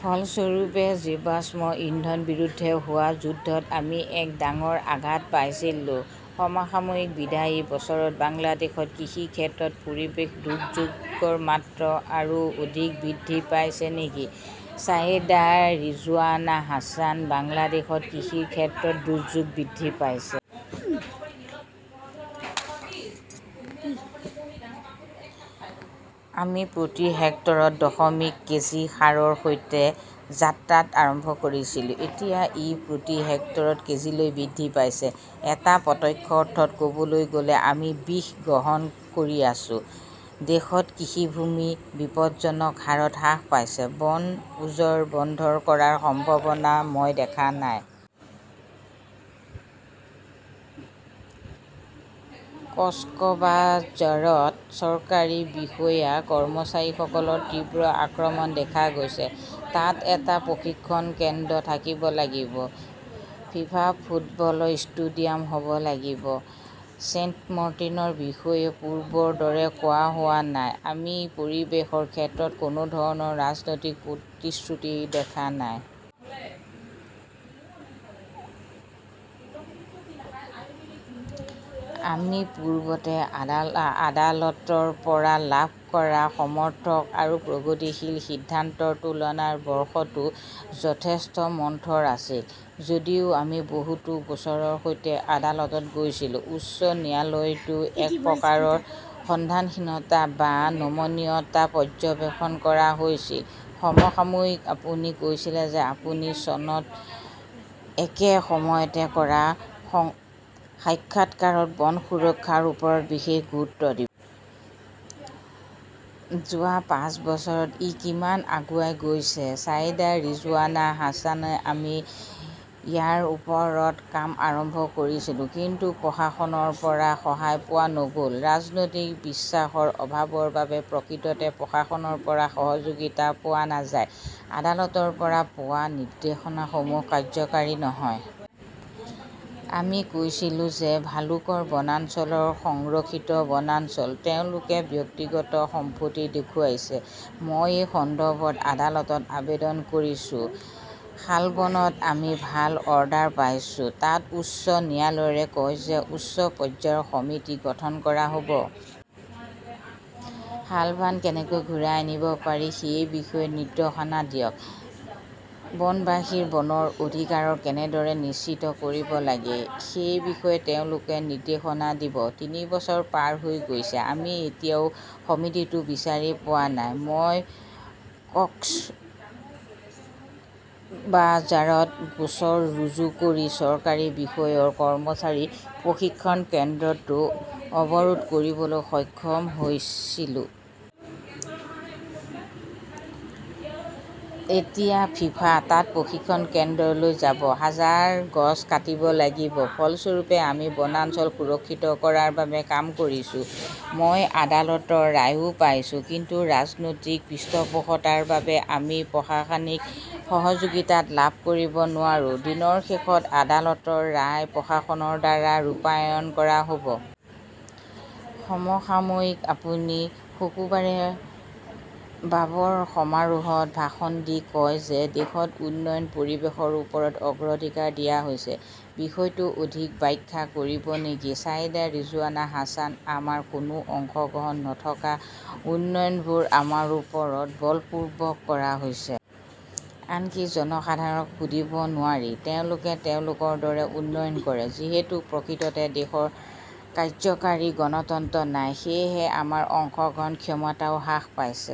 ফলস্বৰূপে জীৱাশ্ম ইন্ধনৰ বিৰুদ্ধে হোৱা যুদ্ধত আমি এক ডাঙৰ আঘাত পাইছিলো। সমসাময়িকঃ বিদায়ী বছৰত বাংলাদেশত কৃষিৰ ক্ষেত্ৰত পৰিৱেশ দুৰ্যোগৰ মাত্ৰা আৰু অধিক বৃদ্ধি পাইছে নেকি ছায়েদা ৰিজৱানা হাছানঃ বাংলাদেশত কৃষিৰ ক্ষেত্ৰত দুৰ্যোগ বৃদ্ধি পাইছে। আমি প্ৰতি হেক্টৰত দশমিক কেজি সাৰৰ সৈতে যাত্ৰা আৰম্ভ কৰিছিলো। এতিয়া ই প্ৰতি হেক্টৰত কেজিলৈ বৃদ্ধি পাইছে। এটা প্ৰত্যক্ষ অৰ্থত ক’বলৈ গ’লে-আমি বিষ গ্ৰহণ কৰি আছো। দেশত কৃষিভূমি বিপদজনক হাৰত হ্ৰাস পাইছে। বন উজাৰ বন্ধ কৰাৰ সম্ভাৱনা মই দেখা নাই। কক্সবাঝাৰত চৰকাৰী বিষয়া-কৰ্মচাৰীসকলৰ তীব্ৰ আক্ৰমণ দেখা গৈছিল। তাত এটা প্ৰশিক্ষণ কেন্দ্ৰ থাকিব লাগিব। ফিফা ফুটবল ষ্টেডিয়াম হ 'ব লাগিব। ছেইণ্টমাৰ্টিনৰ বিষয়েও পূৰ্বৰ দৰে কোৱা হোৱা নাই। আমি পৰিৱেশৰ ক্ষেত্ৰত কোনো ধৰণৰ ৰাজনৈতিক প্ৰতিশ্ৰুতি দেখা নাই। আমি পূৰ্বতে আদালতৰ পৰা লাভ কৰা সমৰ্থক আৰু প্ৰগতিশীল সিদ্ধান্তৰ তুলনাত বৰ্ষটো যথেষ্ট মন্থৰ আছিল। যদিও আমি বহুতো গোচৰৰ সৈতে আদালতত গৈছিলো। উচ্চ ন্যায়ালয়তো এক প্ৰকাৰৰ সিদ্ধান্তহীনতা বা নমনীয়তা পৰ্যবেক্ষণ কৰা হৈছিল। সমসাময়িকঃ আপুনি কৈছিল যে আপুনি চনত একে সময়তে কৰা সাক্ষাৎকাৰত বন সুৰক্ষাৰ ওপৰত বিশেষ গুৰুত্ব দিব। যোৱা পাঁচ বছৰত ই কিমান আগুৱাই গৈছে ছায়েদা ৰিজৱানা হাছানঃ আমি ইয়াৰ ওপৰত কাম আৰম্ভ কৰিছিলো। কিন্তু প্ৰশাসনৰ পৰা সহায় পোৱা নগ’ল। ৰাজনৈতিক বিশ্বাসৰ অভাৱৰ বাবে প্ৰকৃততে প্ৰশাসনৰ পৰা সহযোগিতা পোৱা নাযায়। আদালতৰ পৰা পোৱা নিৰ্দেশনাসমূহ কাৰ্যকৰী নহয়। আমি কৈছিলো যে ভালুকৰ বনাঞ্চল সংৰক্ষিত বনাঞ্চল, তেওঁলোকে ব্যক্তিগত সম্পত্তি দেখুৱাইছে। মই এই সন্দৰ্ভত আদালতত আবেদন কৰিছো। শালবনত আমি ভাল অৰ্ডাৰ পাইছো। তাত উচ্চ ন্যায়ালয়ে কয় যে উচ্চ পৰ্যায়ৰ সমিতি গঠন কৰা হ’ব। শালবন কেনেকৈ ঘূৰাই আনিব পাৰি সেই বিষয়ে নিৰ্দেশনা দিয়ক। বনবাসীৰ বনৰ অধিকাৰ কেনেদৰে নিশ্চিত কৰিব লাগে সেই বিষয়ে তেওঁলোকে নিৰ্দেশনা দিব। তিনি বছৰ পাৰ হৈ গৈছে, আমি এতিয়াও সমিতিটো বিচাৰি পোৱা নাই! মই কক্সবাঝাৰত গোচৰ ৰুজু কৰি চৰকাৰী বিষয়া-কৰ্মচাৰীৰ প্ৰশিক্ষণ কেন্দ্ৰটো অৱৰোধ কৰিবলৈ সক্ষম হৈছিলো। এতিয়া ফিফা তাত প্ৰশিক্ষণ কেন্দ্ৰলৈ যাব। হাজাৰ গছ কাটিব লাগিব। ফলস্বৰূপে, আমি বনাঞ্চল সুৰক্ষিত কৰাৰ বাবে কাম কৰিছো। মই আদালতৰ ৰায়ও পাইছো। কিন্তু ৰাজনৈতিক পৃষ্ঠপোষকতাৰ বাবে আমি প্ৰশাসনিক সহযোগিতা লাভ কৰিব নোৱাৰো। দিনৰ শেষত আদালতৰ ৰায় প্ৰশাসনৰ দ্বাৰা ৰূপায়ণ কৰা হ 'ব। সমসাময়িকঃ আপুনি শুকুৰবাৰে বাবাৰ সমাৰোহত ভাষণ দি কয় যে দেশত উন্নয়নক পৰিৱেশৰ ওপৰত অগ্ৰাধিকাৰ দিয়া হৈছে। বিষয়টো অধিক ব্যাখ্যা কৰিব নেকি ছায়েদা ৰিজৱানা হাছান আমাৰ কোনো অংশগ্ৰহণ নথকা উন্নয়নবোৰ আমাৰ ওপৰত বলপূৰ্বক কৰা হৈছে। আনকি জনসাধাৰণক সুধিব নোৱাৰি, তেওঁলোকে তেওঁলোকৰ দৰে উন্নয়ন কৰে। যিহেতু প্ৰকৃততে দেশত কাৰ্যকৰী গণতন্ত্ৰ নাই, সেয়েহে আমাৰ অংশগ্ৰহণ ক্ষমতাও হ্ৰাস পাইছে।